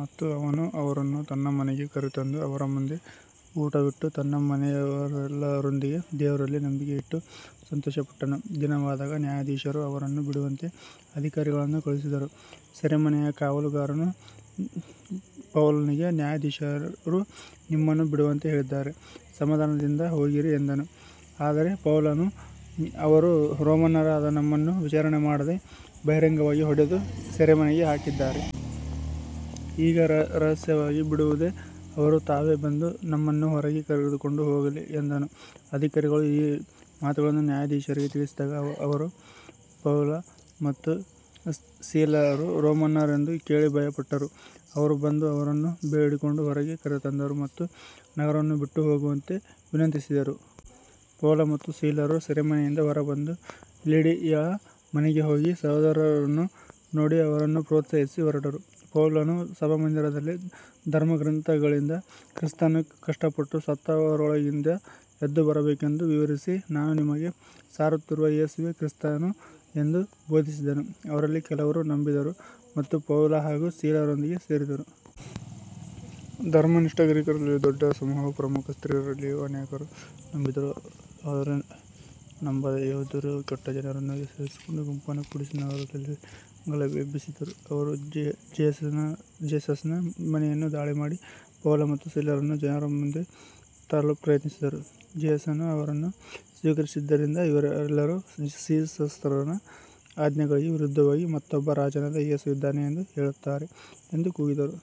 ಮತ್ತು ಅವನು ಅವರನ್ನು ತನ್ನ ಮನೆಗೆ ಕರೆತಂದು ಅವರ ಮುಂದೆ ಊಟವಿಟ್ಟು ತನ್ನ ಮನೆಯವರೆಲ್ಲರೊಂದಿಗೆ ದೇವರಲ್ಲಿ ನಂಬಿಕೆಯಿಟ್ಟು ಸಂತೋಷಪಟ್ಟನು. ದಿನವಾದಾಗ ನ್ಯಾಯಾಧೀಶರು ಅವರನ್ನು ಬಿಡುವಂತೆ ಅಧಿಕಾರಿಗಳನ್ನು ಕಳುಹಿಸಿದರು. ಸೆರೆಮನೆಯ ಕಾವಲುಗಾರನು ಪೌಲನಿಗೆ, ನ್ಯಾಯಾಧೀಶರು ನಿಮ್ಮನ್ನು ಬಿಡುವಂತೆ ಹೇಳಿದ್ದಾರೆ, ಸಮಾಧಾನದಿಂದ ಹೋಗಿರಿ ಎಂದನು. ಆದರೆ ಪೌಲನು, ಅವರು ರೋಮನ್ನರಾದ ನಮ್ಮನ್ನು ವಿಚಾರಣೆ ಮಾಡದೆ ಬಹಿರಂಗವಾಗಿ ಹೊಡೆದು ಸೆರೆಮನೆಗೆ ಹಾಕಿದ್ದಾರೆ. ಈಗ ರಹಸ್ಯವಾಗಿ ಬಿಡುವುದೇ, ಅವರು ತಾವೇ ಬಂದು ನಮ್ಮನ್ನು ಹೊರಗೆ ಕರೆದುಕೊಂಡು ಹೋಗಲಿ ಎಂದನು. ಅಧಿಕಾರಿಗಳು ಈ ಮಾತುಗಳನ್ನು ನ್ಯಾಯಾಧೀಶರಿಗೆ ತಿಳಿಸಿದಾಗ ಅವರು ಪೌಲ ಮತ್ತು ಸೀಲರು ರೋಮನ್ನರೆಂದು ಕೇಳಿ ಭಯಪಟ್ಟರು. ಅವರು ಬಂದು ಅವರನ್ನು ಬೇಡಿಕೊಂಡು ಹೊರಗೆ ಕರೆತಂದರು ಮತ್ತು ನಗರವನ್ನು ಬಿಟ್ಟು ಹೋಗುವಂತೆ ವಿನಂತಿಸಿದರು. ಪೌಲ ಮತ್ತು ಸೀಲರು ಸೆರೆಮನೆಯಿಂದ ಹೊರಬಂದು ಲಿಡಿಯಳ ಮನೆಗೆ ಹೋಗಿ ಸಹೋದರರನ್ನು ನೋಡಿ ಅವರನ್ನು ಪ್ರೋತ್ಸಾಹಿಸಿ ಹೊರಟರು. ಪೌಲನು ಸಭಾಮಂದಿರದಲ್ಲಿ ಧರ್ಮಗ್ರಂಥಗಳಿಂದ ಕ್ರಿಸ್ತನು ಕಷ್ಟಪಟ್ಟು ಸತ್ತವರೊಳಗಿಂದ ಎದ್ದುಬರಬೇಕೆಂದು ವಿವರಿಸಿ, ನಾನು ನಿಮಗೆ ಸಾರುತ್ತಿರುವ ಯೇಸುವೇ ಕ್ರಿಸ್ತನು ಎಂದು ಬೋಧಿಸಿದನು. ಅವರಲ್ಲಿ ಕೆಲವರು ನಂಬಿದರು ಮತ್ತು ಪೌಲ ಹಾಗೂ ಸೀಲರೊಂದಿಗೆ ಸೇರಿದರು. ಧರ್ಮನಿಷ್ಠ ಗ್ರೀಕರಲ್ಲಿಯೂ ದೊಡ್ಡ ಸಮೂಹವೂ ಪ್ರಮುಖ ಸ್ತ್ರೀಯರಲ್ಲಿಯೂ ಅನೇಕರು ನಂಬಿದರು. ಆದರೆ ನಂಬದ ಯೆಹೂದ್ಯರು ಕೆಟ್ಟ ಜನರನ್ನು ಸೇರಿಸಿಕೊಂಡು ಗುಂಪನ್ನು ಕೂಡಿಸಿ ನಗರದಲ್ಲಿ ಗಲಭೆ ಎಬ್ಬಿಸಿದರು. ಅವರು ಜೇಸನನ ಮನೆಯನ್ನು ದಾಳಿ ಮಾಡಿ ಪೌಲ ಮತ್ತು ಸೀಲರನ್ನು ಜನರ ಮುಂದೆ ತರಲು ಪ್ರಯತ್ನಿಸಿದರು. ಜೇಸನು ಅವರನ್ನು ಸ್ವೀಕರಿಸಿದ್ದರಿಂದ, ಇವರೆಲ್ಲರೂ ಸೀಸರನ ಆಜ್ಞೆಗಳಿಗೆ ವಿರುದ್ಧವಾಗಿ ಮತ್ತೊಬ್ಬ ರಾಜನಾದ ಯೇಸು ಇದ್ದಾನೆ ಎಂದು ಹೇಳುತ್ತಾರೆ ಎಂದು ಕೂಗಿದರು.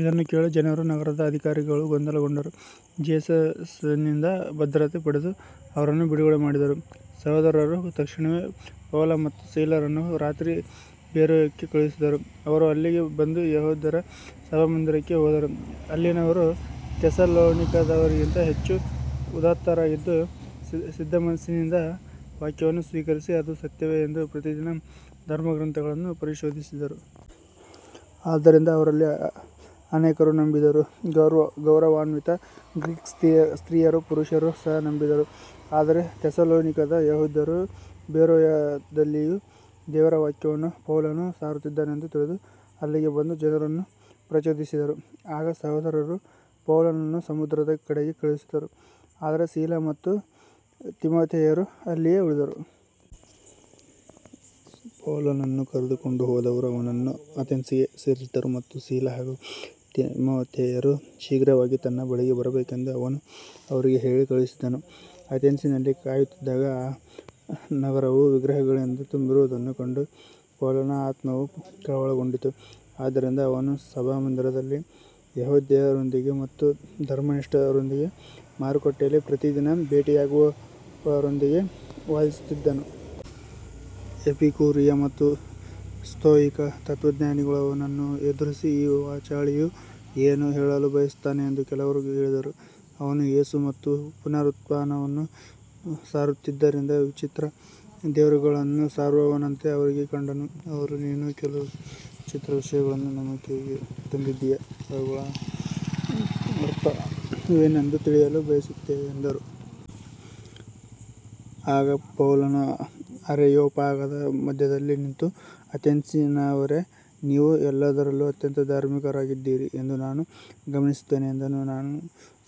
ಇದನ್ನು ಕೇಳಿ ಜನರೂ ನಗರದ ಅಧಿಕಾರಿಗಳೂ ಗೊಂದಲಗೊಂಡರು. ಜೇಸನನಿಂದ ಭದ್ರತೆ ಪಡೆದು ಅವರನ್ನು ಬಿಡುಗಡೆ ಮಾಡಿದರು. ಸಹೋದರರು ತಕ್ಷಣವೇ ಪೌಲ ಮತ್ತು ಸೀಲರನ್ನು ರಾತ್ರಿ ಬೆರೋಯಕ್ಕೆ ಕಳುಹಿಸಿದರು. ಅವರು ಅಲ್ಲಿಗೆ ಬಂದು ಯೆಹೂದ್ಯರ ಸಭಾಮಂದಿರಕ್ಕೆ ಹೋದರು. ಅಲ್ಲಿನವರು ಥೆಸಲೋನಿಕದವರಿಗಿಂತ ಹೆಚ್ಚು ಉದಾತ್ತರಾಗಿದ್ದು, ಸಿದ್ಧಮನಸ್ಸಿನಿಂದ ವಾಕ್ಯವನ್ನು ಸ್ವೀಕರಿಸಿ ಅದು ಸತ್ಯವೇ ಎಂದು ಪ್ರತಿದಿನ ಧರ್ಮಗ್ರಂಥಗಳನ್ನು ಪರಿಶೋಧಿಸಿದರು. ಆದ್ದರಿಂದ ಅವರಲ್ಲಿ ಅನೇಕರು ನಂಬಿದರು, ಗೌರವಾನ್ವಿತ ಗ್ರೀಕ್ ಸ್ತ್ರೀಯರೂ ಪುರುಷರೂ ಸಹ ನಂಬಿದರು. ಆದರೆ ಥೆಸಲೋನಿಕದ ಯೆಹೂದ್ಯರು ಬೆರೋಯದಲ್ಲಿಯೂ ದೇವರ ವಾಕ್ಯವನ್ನು ಪೌಲನು ಸಾರುತ್ತಿದ್ದಾನೆಂದು ತಿಳಿದು ಅಲ್ಲಿಗೆ ಬಂದು ಜನರನ್ನು ಪ್ರಚೋದಿಸಿದರು. ಆಗ ಸಹೋದರರು ಪೌಲನನ್ನು ಸಮುದ್ರದ ಕಡೆಗೆ ಕಳುಹಿಸಿದರು, ಆದರೆ ಸೀಲ ಮತ್ತು ತಿಮೊಥೆಯರು ಅಲ್ಲಿಯೇ ಉಳಿದರು. ಪೌಲನನ್ನು ಕರೆದುಕೊಂಡು ಹೋದವರು ಅವನನ್ನು ಅಥೆನ್ಸಿಗೆ ಸೇರಿಸಿದರು ಮತ್ತು ಸೀಲ ಹಾಗೂ ತಿಮೊಥೆಯರು ಶೀಘ್ರವಾಗಿ ತನ್ನ ಬಳಿಗೆ ಬರಬೇಕೆಂದು ಅವನು ಅವರಿಗೆ ಹೇಳಿ ಕಳುಹಿಸಿದನು. ಅಥೆನ್ಸಿನಲ್ಲಿ ಕಾಯುತ್ತಿದ್ದಾಗ ಆ ನಗರವು ವಿಗ್ರಹಗಳಿಂದ ತುಂಬಿರುವುದನ್ನು ಕಂಡು ಪೌಲನ ಆತ್ಮವು ಕಳವಳಗೊಂಡಿತು. ಆದ್ದರಿಂದ ಅವನು ಸಭಾಮಂದಿರದಲ್ಲಿ ಯೆಹೂದ್ಯರೊಂದಿಗೆ ಮತ್ತು ಧರ್ಮನಿಷ್ಠರೊಂದಿಗೆ, ಮಾರುಕಟ್ಟೆಯಲ್ಲಿ ಪ್ರತಿದಿನ ಭೇಟಿಯಾಗುವವರೊಂದಿಗೆ ವಾದಿಸುತ್ತಿದ್ದನು. ಎಪಿಕೂರಿಯ ಮತ್ತು ಸ್ಥೋಯಿಕ ತತ್ವಜ್ಞಾನಿಗಳು ಅವನನ್ನು ಎದುರಿಸಿ, ಈ ವಾಚಾಳಿಯು ಏನು ಹೇಳಲು ಬಯಸುತ್ತಾನೆ ಎಂದು ಕೆಲವರು ಹೇಳಿದರು. ಅವನು ಯೇಸು ಮತ್ತು ಪುನರುತ್ಥಾನವನ್ನು ಸಾರುತ್ತಿದ್ದರಿಂದ ವಿಚಿತ್ರ ದೇವರುಗಳನ್ನು ಸಾರುವವನಂತೆ ಅವರಿಗೆ ಕಂಡನು. ಅವರು, ನೀನು ಕೆಲವು ವಿಚಿತ್ರ ವಿಷಯಗಳನ್ನು ನಮ್ಮ ಕಿವಿಗೆ ತಂದಿದ್ದೀಯ, ಅವುಗಳ ಅರ್ಥವೇನೆಂದು ತಿಳಿಯಲು ಬಯಸುತ್ತೇವೆ ಎಂದರು. ಆಗ ಪೌಲನು ಅರೆಯೋಪಾಗದ ಮಧ್ಯದಲ್ಲಿ ನಿಂತು, ಅಥೆನ್ಸಿನವರೇ, ನೀವು ಎಲ್ಲದರಲ್ಲೂ ಅತ್ಯಂತ ಧಾರ್ಮಿಕರಾಗಿದ್ದೀರಿ ಎಂದು ನಾನು ಗಮನಿಸುತ್ತೇನೆ ಎಂದನು. ನಾನು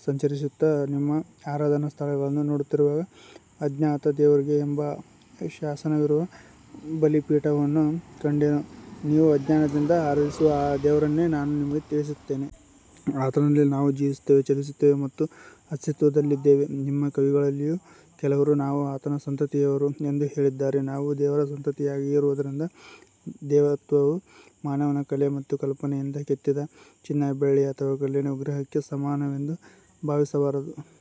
ಸಂಚರಿಸುತ್ತಾ ನಿಮ್ಮ ಆರಾಧನಾ ಸ್ಥಳಗಳನ್ನು ನೋಡುತ್ತಿರುವಾಗ ಅಜ್ಞಾತ ದೇವರಿಗೆ ಎಂಬ ಶಾಸನವಿರುವ ಬಲಿಪೀಠವನ್ನೂ ಕಂಡೆನು. ನೀವು ಅಜ್ಞಾನದಿಂದ ಆರಾಧಿಸುವ ಆ ದೇವರನ್ನೇ ನಾನು ನಿಮಗೆ ತಿಳಿಸುತ್ತೇನೆ. ಆತನಲ್ಲಿ ನಾವು ಜೀವಿಸುತ್ತೇವೆ, ಚಲಿಸುತ್ತೇವೆ ಮತ್ತು ಅಸ್ತಿತ್ವದಲ್ಲಿದ್ದೇವೆ. ನಿಮ್ಮ ಕವಿಗಳಲ್ಲಿಯೂ ಕೆಲವರು ನಾವು ಆತನ ಸಂತತಿಯವರು ಎಂದು ಹೇಳಿದ್ದಾರೆ. ನಾವು ದೇವರ ಸಂತತಿಯಾಗಿರುವುದರಿಂದ ದೇವತ್ವವು ಮಾನವನ ಕಲೆ ಮತ್ತು ಕಲ್ಪನೆಯಿಂದ ಕೆತ್ತಿದ ಚಿನ್ನ, ಬೆಳ್ಳಿ ಅಥವಾ ಕಲ್ಲಿನ ವಿಗ್ರಹಕ್ಕೆ ಸಮಾನವೆಂದು ಭಾವಿಸಬಾರದು.